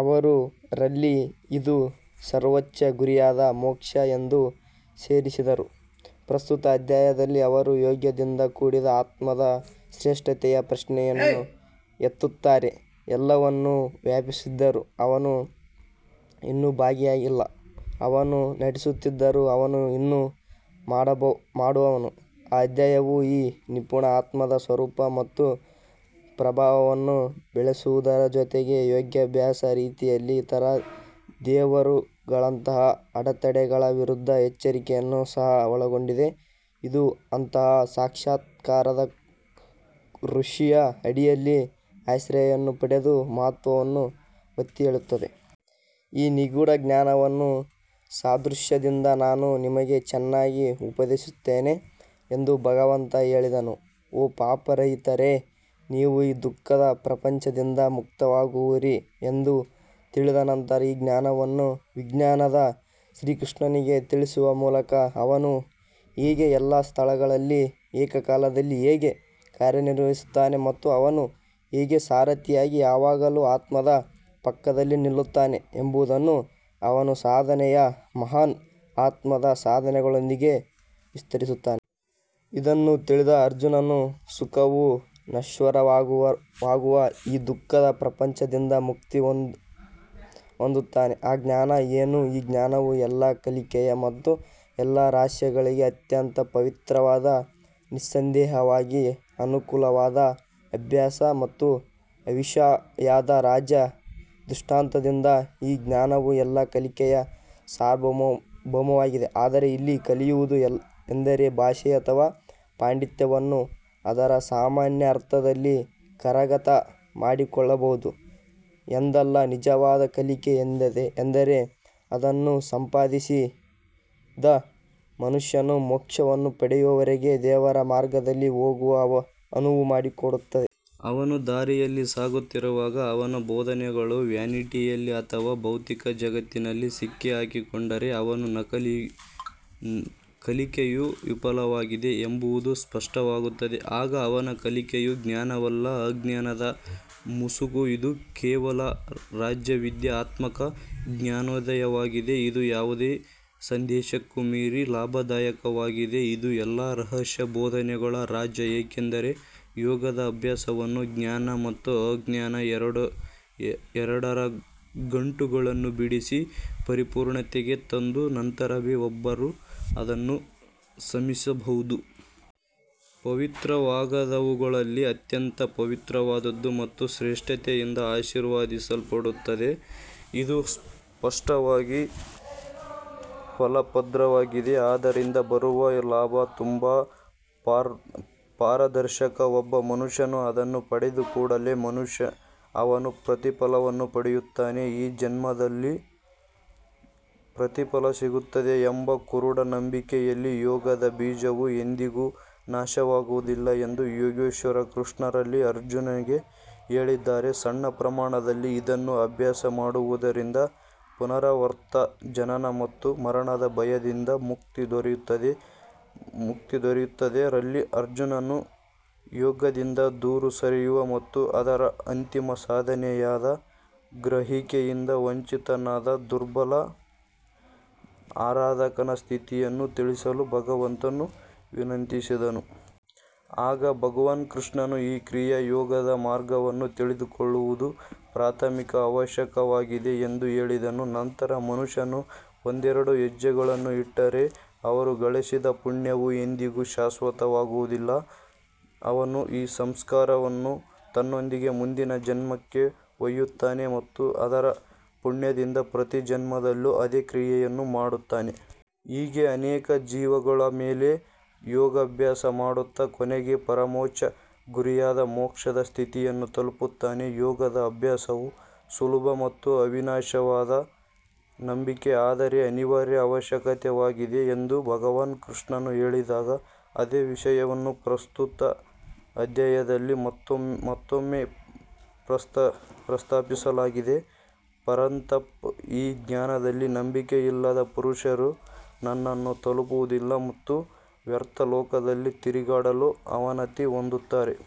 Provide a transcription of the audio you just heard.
ಅವರು ರಲ್ಲಿ ಇದು ಸರ್ವೋಚ್ಚ ಗುರಿಯಾದ ಮೋಕ್ಷ ಎಂದು ಸೇರಿಸಿದರು ಪ್ರಸ್ತುತ ಅಧ್ಯಾಯದಲ್ಲಿ ಅವರು ಯೋಗದಿಂದ ಕೂಡಿದ ಆತ್ಮದ ಶ್ರೇಷ್ಠತೆಯ ಪ್ರಶ್ನೆಯನ್ನು ಎತ್ತುತ್ತಾರೆ. ಎಲ್ಲವನ್ನು ವ್ಯಾಪಿಸಿದ್ದರೂ ಅವನು ಇನ್ನೂ ಭಾಗಿಯಾಗಿಲ್ಲ ಅವನು ನಟಿಸುತ್ತಿದ್ದರೂ ಅವನು ಇನ್ನೂ ಮಾಡದವನು ಈ ಅಧ್ಯಾಯವು ಈ ನಿಪುಣ ಆತ್ಮದ ಸ್ವರೂಪ ಮತ್ತು ಪ್ರಭಾವವನ್ನು ಬೆಳಗಿಸುವುದರ ಜೊತೆಗೆ ಯೋಗಾಭ್ಯಾಸದ ರೀತಿಯಲ್ಲಿ ಇತರ ದೇವರುಗಳಂತಹ ಅಡೆತಡೆಗಳ ವಿರುದ್ಧ ಎಚ್ಚರಿಕೆಯನ್ನು ಸಹ ಒಳಗೊಂಡಿದೆ ಇದು ಅಂತಹ ಸಾಕ್ಷಾತ್ಕಾರದ ಋಷಿಯ ಅಡಿಯಲ್ಲಿ ಆಶ್ರಯವನ್ನು ಪಡೆಯುವ ಮಹತ್ವವನ್ನು ಒತ್ತಿಹೇಳುತ್ತದೆ. ಈ ನಿಗೂಢ ಜ್ಞಾನವನ್ನು ಸಾದೃಶ್ಯದಿಂದ ನಾನು ನಿಮಗೆ ಚೆನ್ನಾಗಿ ಉಪದೇಶಿಸುತ್ತೇನೆ ಎಂದು ಭಗವಂತ ಹೇಳಿದನು ಓ ಪಾಪರಹಿತರೇ ನೀವು ಈ ದುಃಖದ ಪ್ರಪಂಚದಿಂದ ಮುಕ್ತರಾಗುವಿರಿ ಎಂದು ತಿಳಿದ ನಂತರ ಈ ಜ್ಞಾನವನ್ನು ವಿಜ್ಞಾನವಾದ ಶ್ರೀಕೃಷ್ಣನಿಗೆ ತಿಳಿಸುವ ಮೂಲಕ ಅವನು ಹೇಗೆ ಎಲ್ಲಾ ಸ್ಥಳಗಳಲ್ಲಿ ಏಕಕಾಲದಲ್ಲಿ ಹೇಗೆ ಕಾರ್ಯನಿರ್ವಹಿಸುತ್ತಾನೆ ಮತ್ತು ಅವನು ಹೇಗೆ ಸಾರಥಿಯಾಗಿ ಯಾವಾಗಲೂ ಆತ್ಮದ ಪಕ್ಕದಲ್ಲಿ ನಿಲ್ಲುತ್ತಾನೆ ಎಂಬುದನ್ನು ಅವನು ಸಾಧನೆಯ ಮಹಾನ್ ಆತ್ಮದ ಸಾಧನೆಗಳೊಂದಿಗೆ ವಿವರಿಸುತ್ತಾನೆ. ಇದನ್ನು ತಿಳಿದ ಅರ್ಜುನನು ಸುಖವು ನಶ್ವರವಾಗಿರುವ ಈ ದುಃಖದ ಪ್ರಪಂಚದಿಂದ ಮುಕ್ತಿ ಹೊಂದುತ್ತಾನೆ ಆ ಜ್ಞಾನ ಏನು ಈ ಜ್ಞಾನವು ಎಲ್ಲಾ ಕಲಿಕೆಯ ಮತ್ತು ಎಲ್ಲಾ ರಹಸ್ಯಗಳಿಗೆ ಅತ್ಯಂತ ಪವಿತ್ರವಾದ ನಿಸ್ಸಂದೇಹವಾಗಿ ಅನುಕೂಲಕರವಾದ ಅಭ್ಯಾಸ ಮತ್ತು ಅವಿನಾಶಿಯಾದ ರಾಜ. ದೃಷ್ಟಾಂತದಿಂದ ಈ ಜ್ಞಾನವು ಎಲ್ಲಾ ಕಲಿಕೆಯ ಸಾರ್ವಭೌಮವಾಗಿದೆ ಆದರೆ ಇಲ್ಲಿ ಕಲಿಯುವುದು ಎಂದರೆ ಭಾಷೆ ಅಥವಾ ಪಾಂಡಿತ್ಯವನ್ನು ಅದರ ಸಾಮಾನ್ಯ ಅರ್ಥದಲ್ಲಿ ಕರಗತ ಮಾಡಿಕೊಳ್ಳುವುದು ಎಂದಲ್ಲ ನಿಜವಾದ ಕಲಿಕೆ ಎಂದರೆ ಅದನ್ನು ಸಂಪಾದಿಸಿದ ಮನುಷ್ಯನು ಮೋಕ್ಷವನ್ನು ಪಡೆಯುವವರೆಗೆ ದೇವರ ಮಾರ್ಗದಲ್ಲಿ ಹೋಗಲು ಅನುವು ಮಾಡಿಕೊಡುತ್ತದೆ. ಅವನು ದಾರಿಯಲ್ಲಿ ಸಾಗುತ್ತಿರುವಾಗ ಅವನ ಸಾಧನೆಗಳ ವ್ಯಾನಿಟಿಯಲ್ಲಿ ಅಥವಾ ಭೌತಿಕ ಜಗತ್ತಿನಲ್ಲಿ ಸಿಕ್ಕಿಹಾಕಿಕೊಂಡರೆ ಅವನ ಕಲಿಕೆಯು ವಿಫಲವಾಗಿದೆ ಎಂಬುದು ಸ್ಪಷ್ಟವಾಗುತ್ತದೆ. ಆಗ ಅವನ ಕಲಿಕೆಯು ಜ್ಞಾನವಲ್ಲ ಅಜ್ಞಾನದ ಮುಸುಕು ಇದು ಕೇವಲ ರಾಜವಿದ್ಯಾ ಆಧ್ಯಾತ್ಮಿಕ ಜ್ಞಾನೋದಯವಾಗಿದೆ ಇದು ಯಾವುದೇ ಸಂದೇಹಕ್ಕೂ ಮೀರಿ ಲಾಭದಾಯಕವಾಗಿದೆ ಇದು ಎಲ್ಲಾ ರಹಸ್ಯ ಬೋಧನೆಗಳ ರಾಜ ಏಕೆಂದರೆ ಯೋಗದ ಅಭ್ಯಾಸವನ್ನು ಜ್ಞಾನ ಮತ್ತು ಅಜ್ಞಾನ ಎರಡರ ಗಂಟುಗಳನ್ನು ಬಿಡಿಸಿ ಪರಿಪೂರ್ಣತೆಗೆ ತಂದ ನಂತರವೇ ಒಬ್ಬರು ಅದನ್ನು ಸಮೀಪಿಸಬಹುದು. ಪವಿತ್ರವಾದವುಗಳಲ್ಲಿ ಅತ್ಯಂತ ಪವಿತ್ರವಾದದ್ದು ಮತ್ತು ಶ್ರೇಷ್ಠತೆಯಿಂದ ಆಶೀರ್ವದಿಸಲ್ಪಟ್ಟಿದೆ ಇದು ಸ್ಪಷ್ಟವಾಗಿ ಫಲಪ್ರದವಾಗಿದೆ ಅದರಿಂದ ಬರುವ ಲಾಭ ತುಂಬಾ ಪಾರದರ್ಶಕ ಒಬ್ಬ ಮನುಷ್ಯನು ಅದನ್ನು ಪಡೆದ ಕೂಡಲೇ ಅವನು ಪ್ರತಿಫಲವನ್ನು ಪಡೆಯುತ್ತಾನೆ ಈ ಜನ್ಮದಲ್ಲಿ ಪುಣ್ಯವಂತರಾದರೆ ಮುಂದಿನ ಜನ್ಮದಲ್ಲಿ ಪ್ರತಿಫಲ ಸಿಗುತ್ತದೆ ಎಂಬ ಕುರುಡು ನಂಬಿಕೆಯಲ್ಲ ಯೋಗದ ಬೀಜವು ಎಂದಿಗೂ ನಾಶವಾಗುವುದಿಲ್ಲ ಎಂದು ಯೋಗೇಶ್ವರ ಕೃಷ್ಣ ರಲ್ಲಿ ಅರ್ಜುನ್ಗೆ ಹೇಳಿದ್ದಾರೆ ಸಣ್ಣ ಪ್ರಮಾಣದಲ್ಲಿ ಇದನ್ನು ಅಭ್ಯಾಸ ಮಾಡುವುದರಿಂದ ಪುನರಾವರ್ತಿತ ಜನನ ಮತ್ತು ಮರಣದ ಭಯದಿಂದ ಮುಕ್ತಿ ದೊರೆಯುತ್ತದೆ ರಲ್ಲಿ ಅರ್ಜುನನು ಯೋಗದಿಂದ ದೂರ ಸರಿಯುವ ಮತ್ತು ಅದರ ಅಂತಿಮ ಸಾಧನೆಯಾದ ಗ್ರಹಿಕೆಯಿಂದ ವಂಚಿತನಾದ ದುರ್ಬಲ ಆರಾಧಕನ ಸ್ಥಿತಿಯನ್ನು ತಿಳಿಸಲು ಭಗವಂತನನ್ನು ವಿನಂತಿಸಿದನು. ಆಗ ಭಗವಾನ್ ಕೃಷ್ಣನು ಈ ಕ್ರಿಯಾ ಯೋಗದ ಮಾರ್ಗವನ್ನು ತಿಳಿದುಕೊಳ್ಳುವುದು ಪ್ರಾಥಮಿಕ ಅವಶ್ಯಕತೆಯಾಗಿದೆ ಎಂದು ಹೇಳಿದನು ನಂತರ ಮನುಷ್ಯನು ಒಂದೆರಡು ಹೆಜ್ಜೆಗಳನ್ನು ಇಟ್ಟರೆ ಅವರು ಗಳಿಸಿದ ಪುಣ್ಯವು ಎಂದಿಗೂ ನಾಶವಾಗುವುದಿಲ್ಲ. ಅವನು ಈ ಸಂಸ್ಕಾರವನ್ನು ತನ್ನೊಂದಿಗೆ ಮುಂದಿನ ಜನ್ಮಕ್ಕೆ ಒಯ್ಯುತ್ತಾನೆ ಮತ್ತು ಅದರ ಪುಣ್ಯದಿಂದ ಪ್ರತಿ ಜನ್ಮದಲ್ಲೂ ಅದೇ ಕ್ರಿಯೆಯನ್ನು ಮಾಡುತ್ತಾನೆ. ಹೀಗೆ ಅನೇಕ ಜೀವಗಳ ಮೇಲೆ ಯೋಗಾಭ್ಯಾಸ ಮಾಡುತ್ತಾ ಕೊನೆಗೆ ಪರಮೋಚ್ಚ ಗುರಿಯಾದ ಮೋಕ್ಷದ ಸ್ಥಿತಿಯನ್ನು ತಲುಪುತ್ತಾನೆ. ಯೋಗದ ಅಭ್ಯಾಸವು ಸುಲಭ ಮತ್ತು ಅವಿನಾಶವಾದ ನಂಬಿಕೆ ಅದರ ಅನಿವಾರ್ಯ ಅವಶ್ಯಕತೆಯಾಗಿದೆ ಎಂದು ಭಗವಾನ್ ಕೃಷ್ಣನು ಹೇಳಿದಾಗ ಅದೇ ವಿಷಯವನ್ನು ಪ್ರಸ್ತುತ ಅಧ್ಯಾಯದಲ್ಲಿ ಮತ್ತೊಮ್ಮೆ ಪ್ರಸ್ತಾಪಿಸಲಾಗಿದೆ. ಪರಂತಪ್ ಈ ಜ್ಞಾನದಲ್ಲಿ ನಂಬಿಕೆಯಿಲ್ಲದ ಪುರುಷರು ನನ್ನನ್ನು ತಲುಪುವುದಿಲ್ಲ ಮತ್ತು ಮರ್ತ್ಯಲೋಕದಲ್ಲಿ ತಿರುಗಾಡಲು ಅವನತಿ ಹೊಂದುತ್ತಾರೆ.